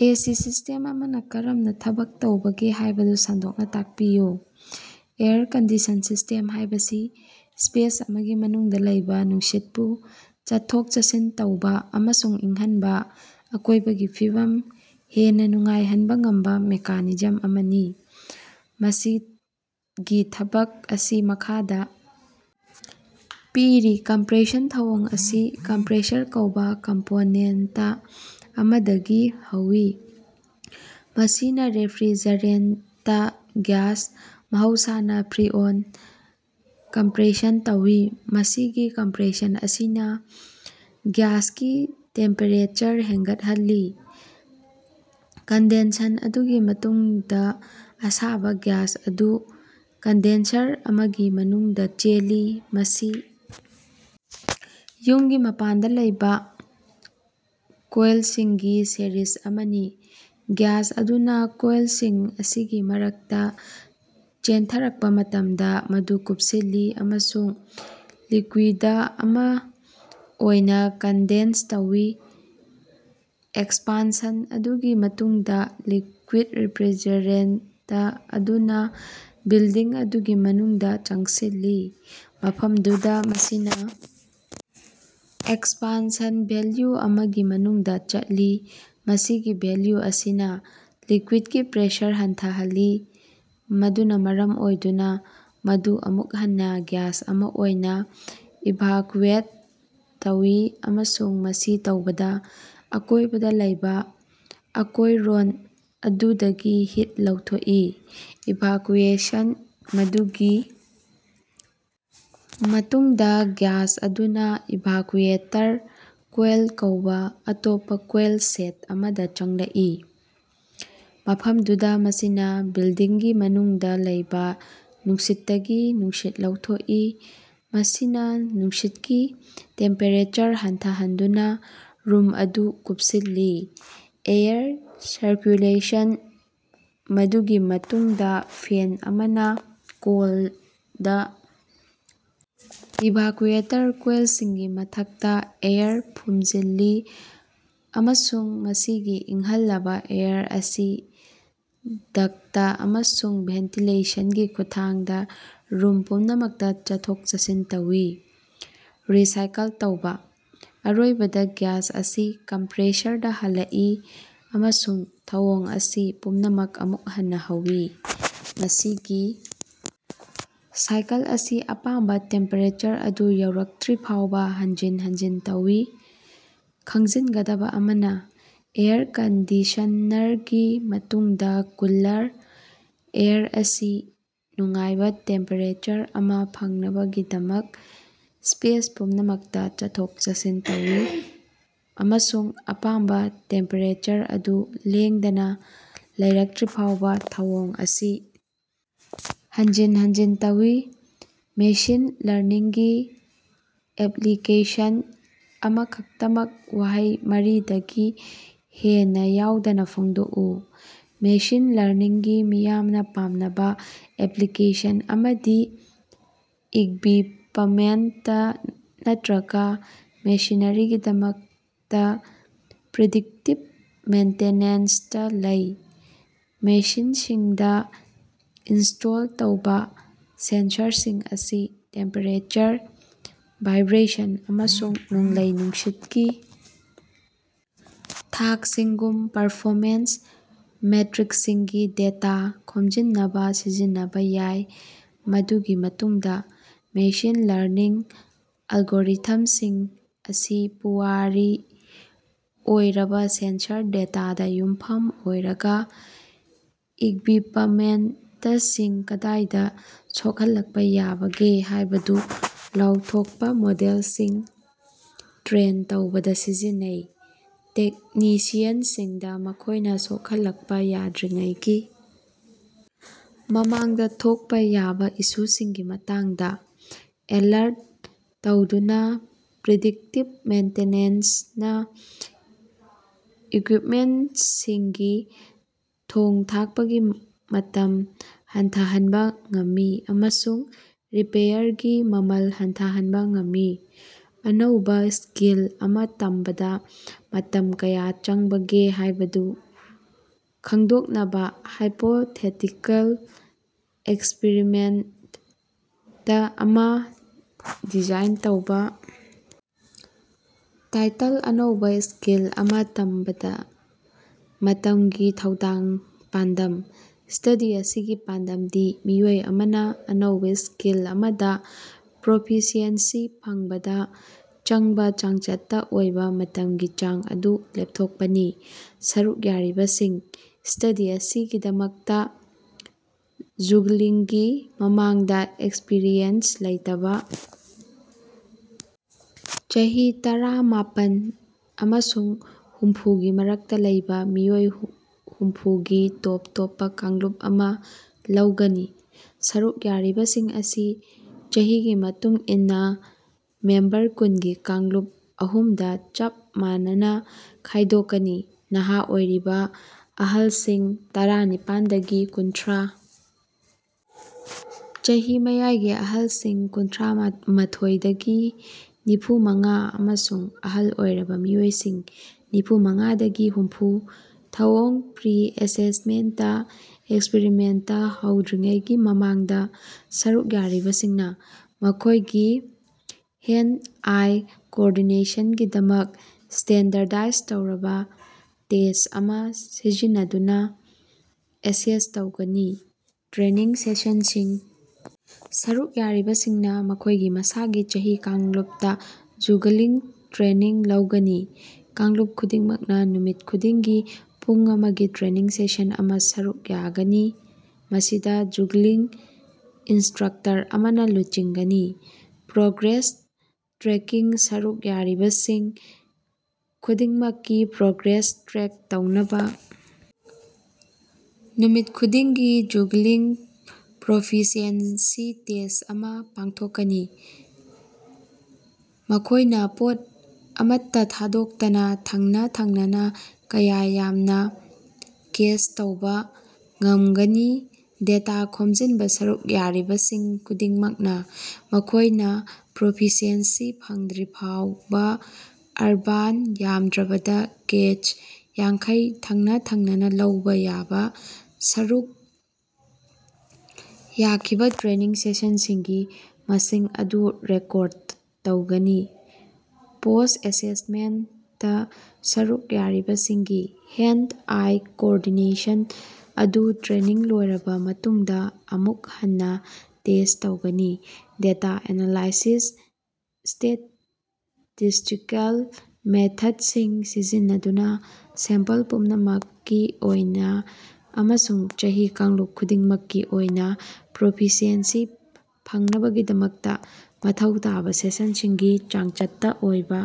AC system ꯑꯃꯅ ꯀꯔꯝꯅ ꯊꯕꯛ ꯇꯧꯕꯒꯦ ꯍꯥꯏꯕꯗꯨ ꯁꯟꯗꯣꯛꯅ ꯇꯥꯛꯄꯤꯌꯨ꯫ ꯑꯦꯌꯔ ꯀꯟꯗꯤꯁꯟ ꯁꯤꯁ꯭ꯇꯦꯝ ꯍꯥꯏꯕꯁꯤ ꯁ꯭ꯄꯦꯁ ꯑꯃꯒꯤ ꯃꯅꯨꯡꯗ ꯂꯩꯕ ꯅꯨꯡꯁꯤꯠꯄꯨ ꯆꯠꯊꯣꯛ-ꯆꯠꯁꯤꯟ ꯇꯧꯕ ꯑꯃꯁꯨꯡ ꯏꯪꯍꯟꯕ, ꯑꯀꯣꯏꯕꯒꯤ ꯐꯤꯕꯝ ꯍꯦꯟꯅ ꯅꯨꯡꯉꯥꯏꯍꯟꯕ ꯉꯝꯕ ꯃꯦꯀꯥꯅꯤꯖꯝ ꯑꯃꯅꯤ꯫ ꯃꯁꯤꯒꯤ ꯊꯕꯛ ꯑꯁꯤ ꯃꯈꯥꯗ ꯄꯤꯔꯤ ꯀꯝꯄ꯭ꯔꯦꯁꯟ ꯊꯧꯑꯣꯡ ꯑꯁꯤ ꯀꯝꯄ꯭ꯔꯦꯁꯔ ꯀꯧꯕ ꯀꯝꯄꯣꯅꯦꯟꯇ ꯑꯃꯗꯒꯤ ꯍꯧꯏ꯫ ꯃꯁꯤꯅ ꯔꯦꯐ꯭ꯔꯤꯖꯔꯦꯟꯇ ꯒ꯭ꯌꯥꯁ (ꯃꯍꯧꯁꯥꯅ ꯐ꯭ꯔꯤꯑꯣꯟ) ꯀꯝꯄ꯭ꯔꯦꯁꯟ ꯇꯧꯏ꯫ ꯃꯁꯤꯒꯤ ꯀꯝꯄ꯭ꯔꯦꯁꯟ ꯑꯁꯤꯅ ꯒ꯭ꯌꯥꯁꯀꯤ ꯇꯦꯝꯄꯦꯔꯦꯆꯔ ꯍꯦꯟꯒꯠꯍꯜꯂꯤ꯫ ꯀꯟꯗꯦꯟꯁꯟ ꯃꯗꯨꯒꯤ ꯃꯇꯨꯡꯗ ꯑꯁꯥꯕ ꯒ꯭ꯌꯥꯁ ꯑꯗꯨ ꯀꯟꯗꯦꯟꯁꯔ ꯑꯃꯒꯤ ꯃꯅꯨꯡꯗ ꯆꯦꯜꯂꯤ꯫ ꯃꯁꯤ ꯌꯨꯝꯒꯤ ꯃꯄꯥꯟꯗ ꯂꯩꯕ ꯀꯣꯏꯜꯁꯤꯡꯒꯤ ꯁꯦꯔꯤꯖ ꯑꯃꯅꯤ꯫ ꯒ꯭ꯌꯥꯁ ꯑꯗꯨꯅ ꯀꯣꯏꯜꯁꯤꯡ ꯑꯁꯤꯒꯤ ꯃꯔꯛꯇ ꯆꯦꯟꯊꯔꯛꯄ ꯃꯇꯝꯗ ꯃꯗꯨ ꯀꯨꯞꯁꯤꯜꯂꯤ ꯑꯃꯁꯨꯡ ꯂꯤꯀꯨꯏꯗ ꯑꯃ ꯑꯣꯏꯅ ꯀꯟꯗꯦꯟꯁ ꯇꯧꯏ꯫ ꯑꯦꯛꯁꯄꯥꯟꯁꯟ: ꯃꯗꯨꯒꯤ ꯃꯇꯨꯡꯗ ꯂꯤꯀꯨꯏꯗ ꯔꯦꯐ꯭ꯔꯤꯖꯔꯦꯟꯇ ꯑꯗꯨꯅ ꯕꯤꯜꯗꯤꯡ ꯑꯗꯨꯒꯤ ꯃꯅꯨꯡꯗ ꯆꯪꯁꯤꯜꯂꯤ꯫ ꯃꯐꯝꯗꯨꯗ ꯃꯁꯤꯅ ꯑꯦꯛꯁꯄꯥꯟꯁꯟ ꯚꯦꯜꯂ꯭ꯌꯨ ꯑꯃꯒꯤ ꯃꯅꯨꯡꯗ ꯆꯠꯂꯤ꯫ ꯃꯁꯤꯒꯤ ꯚꯦꯜꯂ꯭ꯌꯨ ꯑꯁꯤꯅ ꯂꯤꯀꯨꯏꯗꯀꯤ ꯄ꯭ꯔꯦꯁꯔ ꯍꯟꯊꯍꯜꯂꯤ꯫ ꯃꯗꯨꯅ ꯃꯔꯝ ꯑꯣꯏꯗꯨꯅ ꯃꯗꯨ ꯑꯃꯨꯛ ꯍꯟꯅ ꯒ꯭ꯌꯥꯁ ꯑꯃ ꯑꯣꯏꯅ ꯏꯚꯥꯀ꯭ꯌꯨꯑꯦꯠ ꯇꯧꯏ ꯑꯃꯁꯨꯡ ꯃꯁꯤ ꯇꯧꯕꯗ ꯑꯀꯣꯏꯕꯗ ꯂꯩꯕ ꯑꯀꯣꯏꯔꯣꯟ ꯑꯗꯨꯗꯒꯤ ꯍꯤꯠ ꯂꯧꯊꯣꯛꯏ꯫ ꯏꯚꯥꯀ꯭ꯌꯨꯑꯦꯁꯟ: ꯃꯗꯨꯒꯤ ꯃꯇꯨꯡꯗ ꯒ꯭ꯌꯥꯁ ꯑꯗꯨꯅ꯭ ꯏꯚꯥꯀ꯭ꯌꯨꯑꯦꯇꯔ ꯀꯣꯏꯜ ꯀꯧꯕ ꯑꯇꯣꯞꯄ ꯀꯣꯏꯜ ꯁꯦꯠ ꯑꯃꯗ ꯆꯪꯂꯛꯏ꯫ ꯃꯐꯝꯗꯨꯗ ꯃꯁꯤꯅ ꯕꯤꯜꯗꯤꯡꯒꯤ ꯃꯅꯨꯡꯗ ꯂꯩꯕ ꯅꯨꯡꯁꯤꯠꯇꯒꯤ ꯅꯨꯡꯁꯤꯠ ꯂꯧꯊꯣꯛꯏ꯫ ꯃꯁꯤꯅ ꯅꯨꯡꯁꯤꯠꯀꯤ ꯇꯦꯝꯄꯦꯔꯦꯆꯔ ꯍꯟꯊꯍꯟꯗꯨꯅ ꯔꯨꯝ ꯑꯗꯨ ꯀꯨꯞꯁꯤꯜꯂꯤ꯫ ꯑꯦꯌꯔ ꯁꯔꯀ꯭ꯌꯨꯂꯦꯁꯟ: ꯃꯗꯨꯒꯤ ꯃꯇꯨꯡꯗ ꯐꯦꯟ ꯑꯃꯅ ꯀꯣꯜꯗ ꯏꯚꯥꯀ꯭ꯌꯨꯑꯦꯇꯔ ꯀꯣꯏꯜꯁꯤꯡꯒꯤ ꯃꯊꯛꯇ ꯑꯦꯌꯔ ꯐꯨꯝꯖꯤꯜꯂꯤ ꯑꯃꯁꯨꯡ ꯃꯁꯤꯒꯤ ꯏꯪꯍꯜꯂꯕ ꯑꯦꯌꯔ ꯑꯁꯤ ꯗꯛꯇ ꯑꯃꯁꯨꯡ ꯚꯦꯟꯇꯤꯂꯦꯁꯟꯒꯤ ꯈꯨꯠꯊꯥꯡꯗ ꯔꯨꯝ ꯄꯨꯝꯅꯃꯛꯇ ꯆꯠꯊꯣꯛ-ꯆꯠꯁꯤꯟ ꯇꯧꯏ꯫ ꯔꯤꯁꯥꯏꯀꯜ ꯇꯧꯕ: ꯑꯔꯣꯏꯕꯗ ꯒ꯭ꯌꯥꯁ ꯑꯁꯤ ꯀꯝꯄ꯭ꯔꯦꯁꯔꯗ ꯍꯜꯂꯛꯏ ꯑꯃꯁꯨꯡ ꯊꯧꯑꯣꯡ ꯑꯁꯤ ꯄꯨꯝꯅꯃꯛ ꯑꯃꯨꯛ ꯍꯟꯅ ꯍꯧꯏ꯫ ꯃꯁꯤꯒꯤ ꯁꯥꯏꯀꯜ ꯑꯁꯤ ꯑꯄꯥꯝꯕ ꯇꯦꯝꯄꯦꯔꯦꯆꯔ ꯑꯗꯨ ꯌꯧꯔꯛꯇ꯭ꯔꯤꯐꯥꯎꯕ ꯍꯟꯖꯤꯟ -ꯍꯟꯖꯤꯟ ꯇꯧꯏ꯫ ꯈꯪꯖꯤꯟꯒꯗꯕ ꯑꯃꯅ, ꯑꯦꯌꯔ ꯀꯟꯗꯤꯁꯟꯅꯔꯒꯤ ꯃꯇꯨꯡꯗ ꯀꯨꯂꯔ ꯑꯦꯌꯔ ꯑꯁꯤ ꯅꯨꯡꯉꯥꯏꯕ ꯇꯦꯝꯄꯦꯔꯦꯆꯔ ꯑꯃ ꯐꯪꯅꯕꯒꯤꯗꯃꯛ ꯁ꯭ꯄꯦꯁ ꯄꯨꯝꯅꯃꯛꯇ ꯆꯠꯊꯣꯛ-ꯆꯠꯁꯤꯟ ꯇꯧꯏ ꯑꯃꯁꯨꯡ ꯑꯄꯥꯝꯕ ꯇꯦꯝꯄꯦꯔꯦꯆꯔ ꯑꯗꯨ ꯂꯦꯡꯗꯅ ꯂꯩꯔꯛꯇ꯭ꯔꯤꯐꯥꯎꯕ ꯊꯧꯑꯣꯡ ꯑꯁꯤ ꯍꯟꯖꯤꯟ -ꯍꯟꯖꯤꯟ ꯇꯧꯏ꯫ ꯃꯦꯁꯤꯟ ꯂꯔꯅꯤꯡꯒꯤ ꯑꯦꯞꯂꯤꯀꯦꯁꯟ ꯑꯃꯈꯛꯇꯃꯛ ꯋꯥꯍꯩ ꯃꯔꯤꯗꯒꯤ ꯍꯦꯟꯅ ꯌꯥꯎꯗꯅ ꯐꯣꯡꯗꯣꯛꯎ꯫ ꯃꯦꯁꯤꯟ ꯂꯔꯅꯤꯡꯒꯤ ꯃꯤꯌꯥꯝꯅ ꯄꯥꯝꯅꯕ ꯑꯦꯄ꯭ꯂꯤꯀꯦꯁꯟ ꯑꯃꯗꯤ ꯏꯛꯕꯤꯄꯃꯦꯟꯇ ꯅꯠꯇ꯭ꯔꯒ ꯃꯦꯁꯤꯅꯔꯤꯒꯤꯗꯃꯛꯇ ꯄ꯭ꯔꯤꯗꯤꯛꯇꯤꯚ ꯃꯦꯟꯇꯦꯅꯦꯟꯁꯇ ꯂꯩ꯫ ꯃꯦꯁꯤꯟꯁꯤꯡꯗ ꯏꯟꯁ꯭ꯇꯣꯜ ꯇꯧꯕ ꯁꯦꯟꯁꯔꯁꯤꯡ ꯑꯁꯤ ꯇꯦꯝꯄꯦꯔꯦꯆꯔ, ꯚꯥꯏꯕ꯭ꯔꯦꯁꯟ ꯑꯃꯁꯨꯡ ꯅꯣꯡꯂꯩ-ꯅꯨꯡꯁꯤꯠꯀꯤ ꯊꯥꯛꯁꯤꯡꯒꯨꯝꯕ ꯄꯔꯐꯣꯃꯦꯟꯁ ꯃꯦꯇ꯭ꯔꯤꯛꯁꯤꯡꯒꯤ ꯗꯦꯇꯥ ꯈꯣꯝꯖꯤꯟꯅꯕ ꯁꯤꯖꯤꯟꯅꯕ ꯌꯥꯏ꯫ ꯃꯗꯨꯒꯤ ꯃꯇꯨꯡꯗ ꯃꯦꯁꯤꯟ ꯂꯔꯅꯤꯡ ꯑꯜꯒꯣꯔꯤꯊꯝꯁꯤꯡ ꯑꯁꯤ ꯄꯨꯋꯥꯔꯤ ꯑꯣꯏꯔꯕ ꯁꯦꯟꯁꯔ ꯗꯦꯇꯥꯗ ꯌꯨꯝꯐꯝ ꯑꯣꯏꯔꯒ ꯏꯛꯕꯤꯄꯃꯦꯟꯇꯁꯤꯡ ꯀꯗꯥꯏꯗ ꯁꯣꯛꯍꯜꯂꯛꯄ ꯌꯥꯕꯒꯦ ꯍꯥꯏꯕꯗꯨ ꯂꯥꯎꯊꯣꯛꯄ ꯃꯣꯗꯦꯜꯁꯤꯡ ꯇ꯭ꯔꯦꯟ ꯇꯧꯕꯗ ꯁꯤꯖꯤꯟꯅꯩ꯫ ꯇꯦꯛꯅꯤꯁꯤꯌꯟꯁꯤꯡꯗ ꯃꯈꯣꯏꯅ ꯁꯣꯛꯍꯜꯂꯛꯄ ꯌꯥꯗ꯭ꯔꯤꯉꯩꯒꯤ ꯃꯃꯥꯡꯗ ꯊꯣꯛꯄ ꯌꯥꯕ ꯏꯁꯨꯁꯤꯡꯒꯤ ꯃꯇꯥꯡꯗ ꯑꯦꯂꯔꯠ ꯇꯧꯗꯨꯅ ꯄ꯭ꯔꯤꯗꯤꯛꯇꯤꯚ ꯃꯦꯟꯇꯤꯅꯦꯟꯁꯅ ꯏꯀ꯭ꯌꯨꯏꯞꯃꯦꯟꯇꯁꯤꯡꯒꯤ ꯊꯣꯡ-ꯊꯥꯛꯄꯒꯤ ꯃꯇꯝ ꯍꯟꯊꯍꯟꯕ ꯉꯝꯃꯤ ꯑꯃꯁꯨꯡ ꯔꯤꯄꯦꯌꯔꯒꯤ ꯃꯃꯜ ꯍꯟꯊꯍꯟꯕ ꯉꯝꯃꯤ꯫ ꯑꯅꯧꯕ ꯁ꯭ꯀꯤꯜ ꯑꯃ ꯇꯝꯕꯗ ꯃꯇꯝ ꯀꯌꯥ ꯆꯪꯕꯒꯦ ꯍꯥꯏꯕꯗꯨ ꯈꯪꯗꯣꯛꯅꯕ ꯍꯥꯏꯄꯣꯊꯦꯇꯤꯀꯜ ꯑꯦꯛꯁꯄꯤꯔꯤꯃꯦꯟꯇ ꯑꯃ ꯗꯤꯖꯥꯏꯟ ꯇꯧꯕ- ꯇꯥꯏꯇꯜ ꯑꯅꯧꯕ ꯁ꯭ꯀꯤꯜ ꯑꯃ ꯇꯝꯕꯗ ꯃꯇꯝꯒꯤ ꯊꯧꯗꯥꯡ ꯄꯥꯟꯗꯝ: ꯁ꯭ꯇꯗꯤ ꯑꯁꯤꯒꯤ ꯄꯥꯟꯗꯝꯗꯤ ꯃꯤꯑꯣꯏ ꯑꯃꯅ ꯑꯅꯧꯕ ꯁ꯭ꯀꯤꯜ ꯑꯃꯗ ꯄ꯭ꯔꯣꯐꯤꯁꯤꯑꯦꯟꯁꯤ ꯐꯪꯕꯗ ꯆꯪꯕ ꯆꯥꯡꯆꯠꯇ ꯑꯣꯏꯕ ꯃꯇꯝꯒꯤ ꯆꯥꯡ ꯑꯗꯨ ꯂꯦꯞꯊꯣꯛꯄꯅꯤ꯫ ꯁꯔꯨꯛ ꯌꯥꯔꯤꯕꯁꯤꯡ: ꯁ꯭ꯇꯗꯤ ꯑꯁꯤꯒꯤꯗꯃꯛꯇ ꯖꯨꯒꯂꯤꯡꯒꯤ ꯃꯃꯥꯡꯗ ꯑꯦꯛꯁꯄꯤꯔꯤꯌꯦꯟꯁ ꯂꯩꯇꯕ ꯆꯍꯤ ꯇꯔꯥ ꯃꯥꯄꯟ ꯑꯃꯁꯨꯡ ꯍꯨꯝꯐꯨꯒꯤ ꯃꯔꯛꯇ ꯂꯩꯕ ꯃꯤꯑꯣꯏ ꯍꯨꯝꯐꯨꯒꯤ ꯇꯣꯞ -ꯇꯣꯞꯄ ꯀꯥꯡꯂꯨꯞ ꯑꯃ ꯂꯧꯒꯅꯤ꯫ ꯁꯔꯨꯛ ꯌꯥꯔꯤꯕꯁꯤꯡ ꯑꯁꯤ ꯆꯍꯤꯒꯤ ꯃꯇꯨꯡ ꯏꯟꯅ ꯃꯦꯝꯕꯔ ꯀꯨꯟꯒꯤ ꯀꯥꯡꯂꯨꯞ ꯑꯍꯨꯝꯗ ꯆꯞ ꯃꯥꯟꯅꯅ ꯈꯥꯏꯗꯣꯛꯀꯅꯤ꯫ ꯅꯍꯥ ꯑꯣꯏꯔꯤꯕ ꯑꯍꯜꯁꯤꯡ (ꯇꯔꯥ ꯅꯤꯄꯥꯟꯗꯒꯤ ꯀꯨꯟꯊ꯭ꯔꯥ), ꯆꯍꯤ ꯃꯌꯥꯏꯒꯤ ꯑꯍꯜꯁꯤꯡ (ꯀꯨꯟꯊ꯭ꯔꯥ ꯃꯊꯣꯏꯗꯒꯤ ꯅꯤꯐꯨ ꯃꯉꯥ), ꯑꯃꯁꯨꯡ ꯑꯍꯜ ꯑꯣꯏꯔꯕ ꯃꯤꯑꯣꯏꯁꯤꯡ (ꯅꯤꯐꯨ ꯃꯉꯥꯗꯒꯤ ꯍꯨꯝꯐꯨ)꯫ ꯊꯧꯑꯣꯡ ꯄ꯭ꯔꯤ-ꯑꯦꯁꯦꯁꯃꯦꯟꯇ ꯑꯦꯛꯁꯄꯤꯔꯤꯃꯦꯟꯇ ꯍꯧꯗ꯭ꯔꯤꯉꯩꯒꯤ ꯃꯃꯥꯡꯗ ꯁꯔꯨꯛ ꯌꯥꯔꯤꯕꯁꯤꯡꯅ ꯃꯈꯣꯏꯒꯤ ꯍꯦꯟꯗ-ꯑꯥꯏ ꯀꯣꯑꯣꯔꯗꯤꯅꯦꯁꯟꯒꯤꯗꯃꯛ ꯁ꯭ꯇꯦꯟꯗꯔꯗꯥꯏꯖ ꯇꯧꯔꯕ ꯇꯦꯁ꯭ꯠ ꯑꯃ ꯁꯤꯖꯤꯟꯅꯗꯨꯅ ꯑꯦꯁꯦꯁ ꯇꯧꯒꯅꯤ꯫ ꯇ꯭ꯔꯦꯅꯤꯡ ꯁꯦꯁꯟꯁꯤꯡ ꯁꯔꯨꯛ ꯌꯥꯔꯤꯕꯁꯤꯡꯅ ꯃꯈꯣꯏꯒꯤ ꯃꯁꯥꯒꯤ ꯆꯍꯤ ꯀꯥꯡꯂꯨꯞꯇ ꯖꯨꯒꯂꯤꯡ ꯇ꯭ꯔꯦꯅꯤꯡ ꯂꯧꯒꯅꯤ꯫ ꯀꯥꯡꯂꯨꯞ ꯈꯨꯗꯤꯡꯃꯛꯅ ꯅꯨꯃꯤꯠ ꯈꯨꯗꯤꯡꯒꯤ ꯄꯨꯡ ꯑꯃꯒꯤ ꯇ꯭ꯔꯦꯅꯤꯡ ꯁꯦꯁꯟ ꯑꯃ ꯁꯔꯨꯛ ꯌꯥꯒꯅꯤ꯫ ꯃꯁꯤꯗ ꯖꯨꯒꯂꯤꯡ ꯏꯟꯁꯇ꯭ꯔꯛꯇꯔ ꯑꯃꯅ ꯂꯨꯆꯤꯡꯒꯅꯤ꯫ ꯄ꯭ꯔꯣꯒ꯭ꯔꯦꯁ ꯇ꯭ꯔꯦꯀꯤꯡ: ꯁꯔꯨꯛ ꯌꯥꯔꯤꯕꯁꯤꯡ ꯈꯨꯗꯤꯡꯃꯛꯀꯤ ꯄ꯭ꯔꯣꯒ꯭ꯔꯦꯁ ꯇ꯭ꯔꯦꯛ ꯇꯧꯅꯕ ꯅꯨꯃꯤꯠ ꯈꯨꯗꯤꯡꯒꯤ ꯖꯨꯒꯂꯤꯡ ꯄ꯭ꯔꯣꯐꯤꯁꯤꯑꯦꯟꯁꯤ ꯇꯦꯁ꯭ꯠ ꯑꯃ ꯄꯥꯡꯊꯣꯛꯀꯅꯤ꯫ ꯃꯈꯣꯏꯅ ꯄꯣꯠ ꯑꯃꯠꯇ ꯊꯥꯗꯣꯛꯇꯅ ꯊꯪꯅ-ꯊꯪꯅꯅ ꯀꯌꯥ ꯌꯥꯝꯅ ꯀꯦꯆ ꯇꯧꯕ ꯉꯝꯒꯅꯤ꯫ ꯗꯦꯇꯥ ꯈꯣꯝꯖꯤꯟꯕ ꯁꯔꯨꯛ ꯌꯥꯔꯤꯕꯁꯤꯡ ꯈꯨꯗꯤꯡꯃꯛꯅ ꯃꯈꯣꯏꯅ ꯄ꯭ꯔꯣꯐꯤꯁꯤꯑꯦꯟꯁꯤ ꯐꯪꯗ꯭ꯔꯤꯐꯥꯎꯕ (ꯑꯔꯕꯥꯟ, ꯌꯥꯝꯗ꯭ꯔꯕꯗ ꯀꯦꯆ ꯌꯥꯡꯈꯩ ꯊꯪꯅ-ꯊꯪꯅꯅ ꯂꯧꯕ ꯌꯥꯕ) ꯁꯔꯨꯛ ꯌꯥꯈꯤꯕ ꯇ꯭ꯔꯦꯅꯤꯡ ꯁꯦꯁꯟꯁꯤꯡꯒꯤ ꯃꯁꯤꯡ ꯑꯗꯨ ꯔꯦꯀꯣꯔꯗ ꯇꯧꯒꯅꯤ꯫ ꯄꯣꯁ꯭ꯠ-ꯑꯦꯁꯦꯁꯃꯦꯟꯇ: ꯁꯔꯨꯛ ꯌꯥꯔꯤꯕꯁꯤꯡꯒꯤ ꯍꯦꯟꯗ-ꯑꯥꯏ ꯀꯣꯑꯣꯔꯗꯤꯅꯦꯁꯟ ꯑꯗꯨ ꯇ꯭ꯔꯦꯅꯤꯡ ꯂꯣꯏꯔꯕ ꯃꯇꯨꯡꯗ ꯑꯃꯨꯛ ꯍꯟꯅ ꯇꯦꯁ꯭ꯠ ꯇꯧꯒꯅꯤ꯫ ꯗꯦꯇꯥ ꯑꯦꯅꯂꯥꯏꯁꯤꯁ: ꯁ꯭ꯇꯦꯇꯤꯁ꯭ꯇꯤꯀꯦꯜ ꯃꯦꯊꯗꯁꯤꯡ ꯁꯤꯖꯤꯟꯅꯗꯨꯅ ꯁꯦꯝꯄꯜ ꯄꯨꯝꯅꯃꯛꯀꯤ ꯑꯣꯏꯅ ꯑꯃꯁꯨꯡ ꯆꯍꯤ ꯀꯥꯡꯂꯨꯞ ꯈꯨꯗꯤꯡꯃꯛꯀꯤ ꯑꯣꯏꯅ ꯄ꯭ꯔꯣꯐꯤꯁꯤꯑꯦꯟꯁꯤ ꯐꯪꯅꯕꯒꯤꯗꯃꯛꯇ ꯃꯊꯧ ꯇꯥꯕ ꯁꯦꯁꯟꯁꯤꯡꯒꯤ ꯆꯥꯡꯆꯠꯇ ꯑꯣꯏꯕ